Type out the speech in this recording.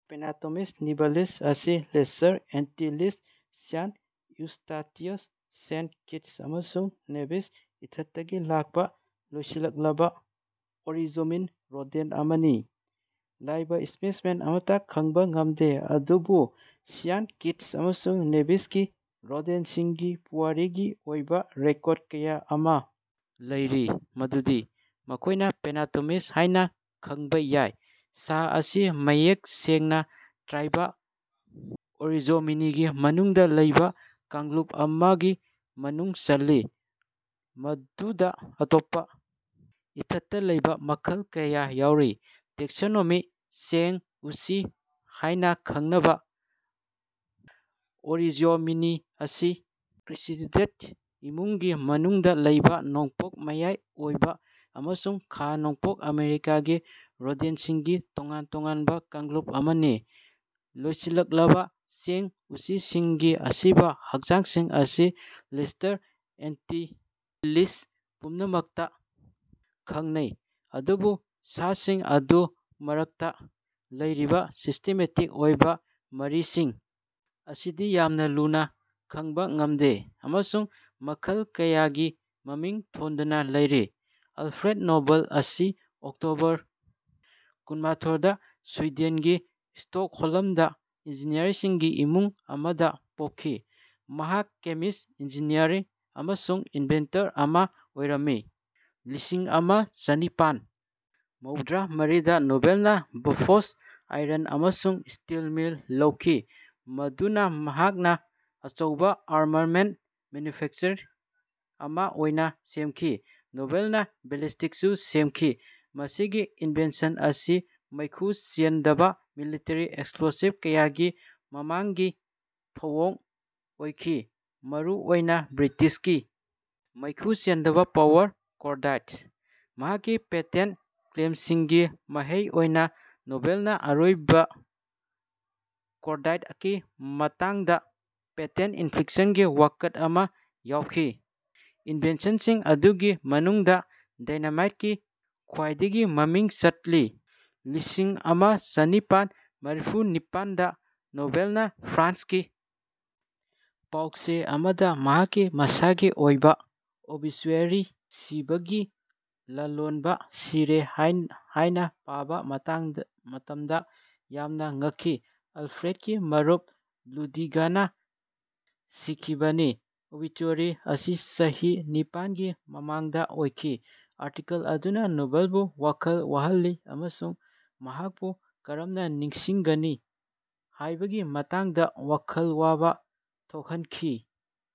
ꯄꯦꯅꯥꯇꯣꯃꯤꯁ ꯅꯤꯚꯥꯂꯤꯁ ꯑꯁꯤ ꯂꯦꯁꯔ ꯑꯦꯟꯇꯤꯂꯤꯁꯀꯤ ꯁꯤꯟꯠ ꯏꯎꯁ꯭ꯇꯦꯇꯤꯁ ꯁꯦꯟꯠ ꯀꯤꯠꯁ ꯑꯃꯁꯨꯡ ꯅꯦꯚꯤꯁ ꯏꯊꯠꯁꯤꯡꯗꯒꯤ ꯂꯥꯛꯄ ꯂꯣꯏꯁꯤꯜꯂꯛꯂꯕ ꯑꯣꯔꯤꯖꯣꯃꯥꯏꯟ ꯔꯣꯗꯦꯟꯠ ꯑꯃꯅꯤ꯫ ꯂꯥꯏꯕ ꯁ꯭ꯄꯦꯁꯤꯃꯦꯟ ꯑꯃꯠꯇ ꯈꯪꯕ ꯉꯝꯗꯦ ꯑꯗꯨꯕꯨ ꯁꯦꯟꯠ ꯀꯤꯠꯁ ꯑꯃꯁꯨꯡ ꯅꯦꯚꯤꯁꯀꯤ ꯔꯣꯗꯦꯟꯠꯁꯤꯡꯒꯤ ꯄꯨꯋꯥꯔꯤꯒꯤ ꯑꯣꯏꯕ ꯔꯦꯀꯣꯔꯗ ꯀꯌꯥ ꯑꯃꯥ ꯂꯩꯔꯤ ꯃꯗꯨꯗꯤ ꯃꯈꯣꯏꯅ ꯄꯦꯅꯥꯇꯣꯃꯤꯁ ꯍꯥꯏꯅ ꯈꯟꯕ ꯌꯥꯏ꯫ ꯁꯥ ꯑꯁꯤ ꯃꯌꯦꯛ ꯁꯦꯡꯅ ꯇ꯭ꯔꯥꯏꯕ ꯑꯣꯔꯤꯖꯣꯃꯤꯅꯤꯒꯤ ꯃꯅꯨꯡꯗ ꯂꯩꯕ ꯀꯥꯡꯂꯨꯞ ꯑꯃꯒꯤ ꯃꯅꯨꯡ ꯆꯜꯂꯤ ꯃꯗꯨꯗꯥ ꯑꯇꯣꯞꯄ ꯏꯊꯠꯇ ꯂꯩꯕ ꯃꯈꯜ ꯀꯌꯥ ꯌꯥꯎꯔꯤ꯫ ꯇꯦꯛꯁꯣꯅꯣꯃꯤ ꯆꯦꯡ ꯎꯆꯤ ꯍꯥꯏꯅ ꯈꯪꯅꯕ ꯑꯣꯔꯤꯖꯣꯃꯤꯅꯤ ꯑꯁꯤ ꯀ꯭ꯔꯤꯁꯦꯇꯤꯗꯦꯗ ꯏꯃꯨꯡꯒꯤ ꯃꯅꯨꯡꯗꯥ ꯂꯩꯕ ꯅꯣꯡꯄꯣꯛ ꯃꯌꯥꯏꯑꯣꯏꯕ ꯑꯃꯁꯨꯡ ꯈꯥ ꯅꯣꯡꯄꯣꯛ ꯑꯥꯃꯦꯔꯤꯀꯥꯒꯤ ꯔꯣꯗꯦꯟꯠꯁꯤꯡꯒꯤ ꯇꯣꯉꯥꯟ ꯇꯣꯉꯥꯟꯕ ꯀꯥꯡꯂꯨꯞ ꯑꯃꯅꯤ꯫ ꯂꯣꯏꯁꯤꯜꯂꯛꯂꯕ ꯆꯦꯡ ꯎꯆꯤꯁꯤꯡꯒꯤ ꯑꯁꯤꯕ ꯍꯛꯆꯥꯡꯁꯤꯡ ꯑꯁꯤ ꯂꯦꯁꯇꯔ ꯑꯦꯟꯇꯤꯂꯤꯁ ꯄꯨꯝꯅꯃꯛꯇ ꯈꯪꯅꯩ ꯑꯗꯨꯕꯨ ꯁꯥꯁꯤꯡ ꯑꯗꯨ ꯃꯔꯛꯇ ꯂꯩꯔꯤꯕ ꯁꯤꯁꯇꯦꯃꯦꯇꯤꯛ ꯑꯣꯏꯕ ꯃꯔꯤꯁꯤꯡ ꯑꯁꯤꯗꯤ ꯌꯥꯝꯅ ꯂꯨꯅꯥ ꯈꯪꯕ ꯉꯝꯗꯦ ꯑꯃꯁꯨꯡ ꯃꯈꯜ ꯀꯌꯥꯒꯤ ꯃꯃꯤꯡ ꯊꯣꯟꯗꯅ ꯂꯩꯔꯤ꯫ ꯑꯜꯐ꯭ꯔꯦꯗ ꯅꯣꯕꯦꯜ ꯑꯁꯤ ꯑꯣꯛꯇꯣꯕꯔ ꯀꯨꯟꯃꯥꯊꯣꯏ ꯗꯥ ꯁ꯭ꯋꯤꯗꯦꯟꯒꯤ ꯁ꯭ꯇꯣꯛꯍꯣꯝꯗꯥ ꯏꯟꯖꯤꯅꯤꯌꯔꯁꯤꯡꯒꯤ ꯏꯃꯨꯡ ꯑꯃꯗꯥ ꯄꯣꯛꯈꯤ꯫ ꯃꯍꯥꯛ ꯀꯦꯃꯤꯁ꯭ꯠ ꯏꯟꯖꯤꯅꯤꯌꯔ ꯑꯃꯁꯨꯡ ꯏꯅꯚꯦꯟꯇꯔ ꯑꯃꯥ ꯑꯣꯏꯔꯝꯃꯤ꯫ ꯂꯤꯁꯤꯡ ꯑꯃ ꯆꯅꯤꯄꯥꯟ ꯃꯧꯗ꯭ꯔꯥ ꯃꯔꯤꯗ ꯅꯣꯕꯦꯜꯅꯥ ꯕꯣꯐꯣꯔꯁ ꯑꯥꯏꯔꯟ ꯑꯃꯁꯨꯡ ꯁ꯭ꯇꯤꯜ ꯃꯤꯜ ꯂꯧꯈꯤ ꯃꯗꯨ ꯃꯍꯥꯛꯅꯥ ꯑꯆꯧꯕꯥ ꯑꯥꯔꯝꯃꯦꯟꯠ ꯃꯦꯟꯅ꯭ꯌꯨꯐꯦꯛꯆꯔ ꯑꯃꯥ ꯑꯣꯏꯅꯥ ꯁꯦꯝꯈꯤ꯫ ꯅꯣꯕꯦꯜꯅꯥ ꯕꯦꯂꯤꯁꯇꯤꯠꯁꯨ ꯁꯦꯝꯈꯤ꯫ ꯃꯁꯤꯒꯤ ꯏꯟꯚꯦꯟꯁꯟ ꯑꯁꯤ ꯃꯩꯈꯨ ꯆꯦꯟꯗꯕꯥ ꯃꯤꯂꯤꯇꯔꯤ ꯑꯦꯛꯁꯄ꯭ꯂꯣꯁꯤꯚ ꯀꯌꯥꯒꯤ ꯃꯃꯥꯡꯒꯤ ꯊꯧꯑꯣꯡ ꯑꯣꯏꯈꯤ ꯃꯔꯨꯑꯣꯏꯅꯥ ꯕ꯭ꯔꯤꯇꯤꯁꯀꯤ ꯃꯩꯈꯨ ꯆꯦꯟꯗꯕꯥ ꯄꯥꯎꯗꯔ ꯀꯣꯔꯗꯥꯏꯠ꯫ ꯃꯍꯥꯛꯀꯤ ꯄꯦꯇꯦꯟꯠ ꯀ꯭ꯂꯦꯝꯁꯤꯡꯒꯤ ꯃꯍꯩ ꯑꯣꯏꯅꯥ ꯅꯣꯕꯦꯜꯅꯥ ꯑꯔꯣꯏꯕ ꯀꯣꯔꯗꯥꯏꯠꯀꯤ ꯃꯇꯥꯡꯗꯥ ꯄꯦꯇꯦꯟꯠ ꯏꯟꯐ꯭ꯔꯤꯛꯁꯟꯒꯤ ꯋꯥꯀꯠ ꯑꯃꯗꯥ ꯌꯥꯎꯈꯤ꯫ ꯏꯟꯚꯦꯟꯁꯟꯁꯤꯡ ꯑꯗꯨꯒꯤ ꯃꯅꯨꯡꯗꯥ ꯗꯥꯏꯅꯥꯃꯥꯏꯠ ꯑꯁꯤ ꯈ꯭ꯋꯥꯏꯗꯒꯤ ꯃꯃꯤꯡ ꯆꯠꯂꯤ꯫ ꯂꯤꯁꯤꯡ ꯑꯃ ꯆꯅꯤꯄꯥꯟ ꯃꯔꯐꯨ ꯅꯤꯄꯥꯟꯗ ꯅꯣꯕꯦꯜꯅꯥ ꯐ꯭ꯔꯥꯟꯁꯀꯤ ꯄꯥꯎ ꯆꯦ ꯑꯃꯗꯥ ꯃꯍꯥꯛꯀꯤ ꯃꯁꯥꯒꯤ ꯑꯣꯏꯕꯥ ꯑꯣꯕꯤꯆꯨꯌꯦꯔꯤ ꯁꯤꯕꯒꯤ ꯂꯂꯣꯟꯕꯥ ꯁꯤꯔꯦ ꯍꯥꯏꯅꯥ ꯄꯥꯕꯥ ꯃꯇꯝꯗꯥ ꯌꯥꯝꯅꯥ ꯉꯛꯈꯤ꯫ ꯑꯜꯐ꯭ꯔꯦꯗꯀꯤ ꯃꯔꯨꯞ ꯂꯨꯗꯚꯤꯒꯅꯥ ꯁꯤꯈꯤꯕꯅꯤ ꯑꯣꯕꯤꯆꯨꯑꯦꯔꯤ ꯑꯁꯤ ꯆꯍꯤ ꯅꯤꯄꯥꯟꯒꯤ ꯃꯃꯥꯡꯗꯥ ꯑꯣꯏꯈꯤ꯫ ꯑꯥꯔꯇꯤꯀꯜ ꯑꯗꯨꯅꯥ ꯅꯣꯕꯦꯜꯕꯨ ꯋꯥꯈꯜ ꯋꯥꯍꯜꯂꯦ ꯑꯃꯁꯨꯡ ꯃꯍꯥꯛꯄꯨ ꯀꯔꯝꯅꯥ ꯅꯤꯡꯁꯤꯡꯒꯅꯤ ꯍꯥꯏꯕꯒꯤ ꯃꯇꯥꯡꯗꯥ ꯋꯥꯈꯜ ꯋꯥꯕꯥ ꯊꯣꯛꯍꯟꯈꯤ꯫